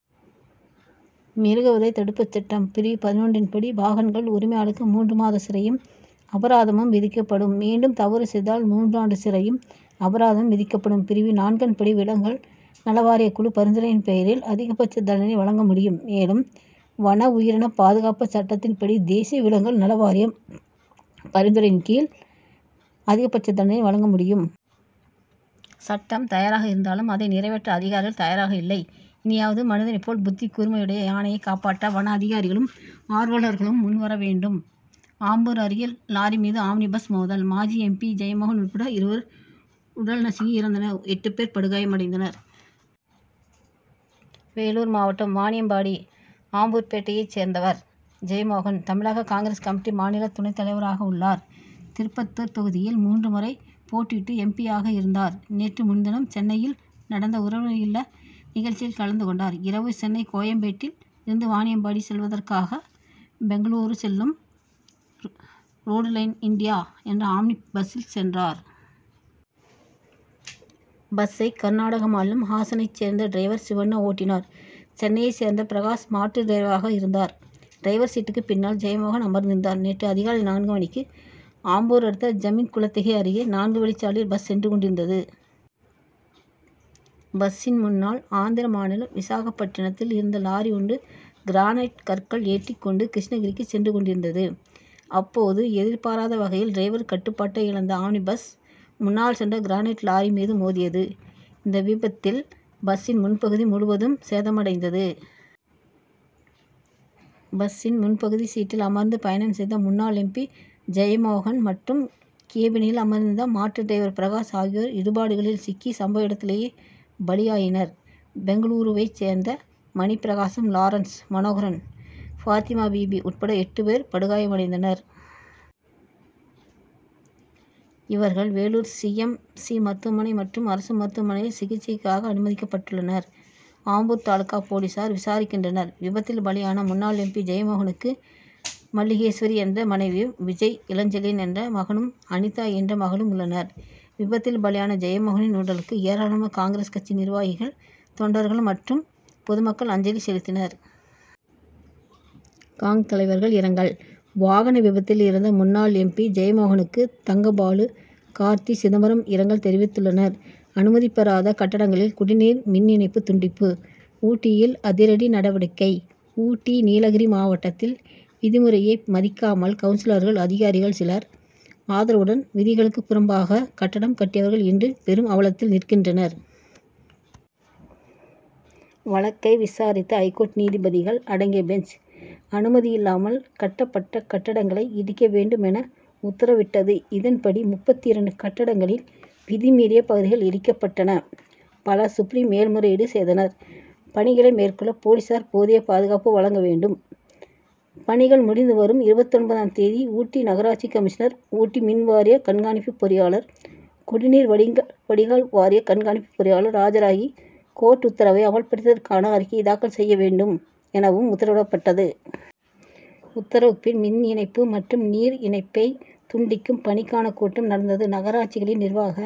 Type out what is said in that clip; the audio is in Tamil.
மிருகவதை தடுப்புச்சட்டம் பிரிவு பதினொன்றின் படி பாகன்கள் உரிமையாளருக்கு மூன்று மாத சிறையும் அபராதமும் விதிக்கப்படும். மீண்டும் தவறு செய்தால் மூன்று ஆண்டு சிறையும் அபராதமும் விதிக்கப்படும். பிரிவு நான்கன்படி விலங்குகள் நல வாரிய குழு பரிந்துரையின் பெயரில் அதிகபட்ச தண்டனை வழங்க முடியும். மேலும் வனஉயிரின பாதுகாப்பு சட்டத்தின்படி தேசிய விலங்குகள் நல வாரியம் பரிந்துரையின்கீழ் அதிகபட்ச தண்டனை வழங்க முடியும். சட்டம் தயாராக இருந்தாலும் அதை நிறைவேற்ற அதிகாரிகள் தயாராக இல்லை. இனியாவது மனிதனை போல் புத்திகூர்மை உடைய யானையை காப்பாற்ற வன அதிகாரிகளும் ஆர்வலர்களும் முன்வரவேண்டும். ஆம்பூர் அருகே லாரி மீது ஆம்னி பஸ் மோதல் மாஜி எம். பி. ஜெயமோகன் உட்பட இருவர் உடல் நசுங்கி இறந்தனர் எட்டு பேர் படுகாயமடைந்தனர். வேலூர் மாவட்டம் வாணியம்பாடி ஆம்பூர்பேட்டையைச் சேர்ந்தவர் ஜெயமோகன் தமிழக காங்கிரஸ் கமிட்டி மாநில துணை தலைவராக உள்ளார். திருப்பத்தூர் தொகுதியில் மூன்று முறை போட்டியிட்டு எம். பி. யாக இருந்தார். நேற்று முன்தினம் சென்னையில் நடந்த உறவினர் இல்ல நிகழ்ச்சியில் கலந்து கொண்டார். இரவு சென்னை கோயம்பேட்டில் இருந்து வாணியம்பாடி செல்வதற்காக பெங்களூரு செல்லும் ரோடுலைன் இண்டியா என்ற ஆம்னி பஸ்சில் சென்றார். பஸ்சை கர்நாடக மாநிலம் ஹாசனைச் சேர்ந்த டிரைவர் சிவண்ணா ஓட்டினார். சென்னையைச் சேர்ந்த பிரகாஷ் மாற்று டிரைவராக இருந்தார். டிரைவர் சீட்டுக்கு பின்னால் ஜெயமோகன் அமர்ந்திருந்தார். நேற்று அதிகாலை நான்கு மணிக்கு ஆம்பூர் அடுத்த ஜமீன் குளத்திகை அருகே நான்கு வழிச்சாலையில் பஸ் சென்று கொண்டிருந்தது. பஸ்சின் முன்னால் ஆந்திர மாநிலம் விசாகப்பட்டினத்தில் இருந்து லாரி ஒன்று கிரானைட் கற்கள் ஏற்றி கொண்டு கிருஷ்ணகிரிக்கு சென்று கொண்டிருந்தது. அப்போது எதிர்பாராத வகையில் டிரைவர் கட்டுப்பாட்டை இழந்த ஆம்னி பஸ் முன்னால் சென்ற கிரானைட் லாரி மீது மோதியது. இந்த விபத்தில் பஸ்சின் முன்பகுதி முழுவதும் சேதமடைந்தது. பஸ்சின் முன்பகுதி சீட்டில் அமர்ந்து பயணம் செய்த முன்னாள் எம். பி. ஜெயமோகன் மற்றும் கேபினில் அமர்ந்திருந்த மாற்று டிரைவர் பிரகாஷ் ஆகியோர் இடிபாடுகளில் சிக்கி சம்பவ இடத்திலேயே பலியாயினர். பெங்களூருவைச் சேர்ந்த மணி பிரகாசம் லாரன்ஸ் மனோகரன் பாத்திமாபீவி உட்பட எட்டு பேர் படுகாயமடைந்தனர். இவர்கள் வேலூர் சி. எம். சி. மருத்துவமனை மற்றும் அரசு மருத்துவமனையில் சிகிச்சைக்காக அனுமதிக்கப்பட்டுள்ளனர். ஆம்பூர் தாலுகா போலீசார் விசாரிக்கின்றனர். விபத்தில் பலியான முன்னாள் எம். பி. ஜெயமோகனுக்கு மல்லிகேஸ்வரி என்ற மனைவியும் விஜய் இளஞ்செழியன் என்ற மகனும் அனிதா என்ற மகளும் உள்ளனர். விபத்தில் பலியான ஜெயமோகனின் உடலுக்கு ஏராளமான காங்கிரஸ் கட்சி நிர்வாகிகள் தொண்டர்கள் மற்றும் பொதுமக்கள் அஞ்சலி செலுத்தினர். காங். தலைவர்கள் இரங்கல் வாகன விபத்தில் இறந்த முன்னாள் எம். பி. ஜெயமோகனுக்கு தங்கபாலு கார்த்தி சிதம்பரம் இரங்கல் தெரிவித்துள்ளனர். அனுமதி பெறாத கட்டடங்களில் குடிநீர் மின் இணைப்பு துண்டிப்பு ஊட்டியில் அதிரடி நடவடிக்கை ஊட்டி நீலகிரி மாவட்டத்தில் விதிமுறையை மதிக்காமல் கவுன்சிலர்கள் அதிகாரிகள் சிலர் ஆதரவுடன் விதிகளுக்கு புறம்பாக கட்டடம் கட்டியவர்கள் இன்று பெரும் அவலத்தில் நிற்கின்றனர். வழக்கை விசாரித்த ஐகோர்ட் நீதிபதிகள் அடங்கிய பெஞ்ச் அனுமதியில்லாமல் கட்டப்பட்ட கட்டடங்களை இடிக்க வேண்டும் என உத்தரவிட்டது. இதன்படி முப்பத்து இரண்டு கட்டடங்களில் விதிமீறிய பகுதிகள் இடிக்கப்பட்டன. பலர் சுப்ரீம் மேல் முறையீடு செய்தனர். பணிகளை மேற்கொள்ள போலீசார் போதிய பாதுகாப்பு வழங்க வேண்டும் பணிகள் முடிந்து வரும் இருபத்தொன்பதாம் தேதி ஊட்டி நகராட்சி கமிஷனர் ஊட்டி மின்வாரிய கண்கணிப்பு பொறியாளர் குடிநீர் வடிந்த வடிகால் வாரிய கண்காணிப்பு பொறியாளர் ஆஜராகி கோர்ட் உத்தரவை அமல்படுத்தியதற்கான அறிக்கையை தாக்கல் செய்ய வேண்டும் எனவும் உத்தரவிடப்பட்டது. உத்தரவுக்கு பின் மின் இணைப்பு மற்றும் நீர் இணைப்பை துண்டிக்கும் பணிக்கான கூட்டம் நடந்தது. நகராட்சிகளின் நிர்வாக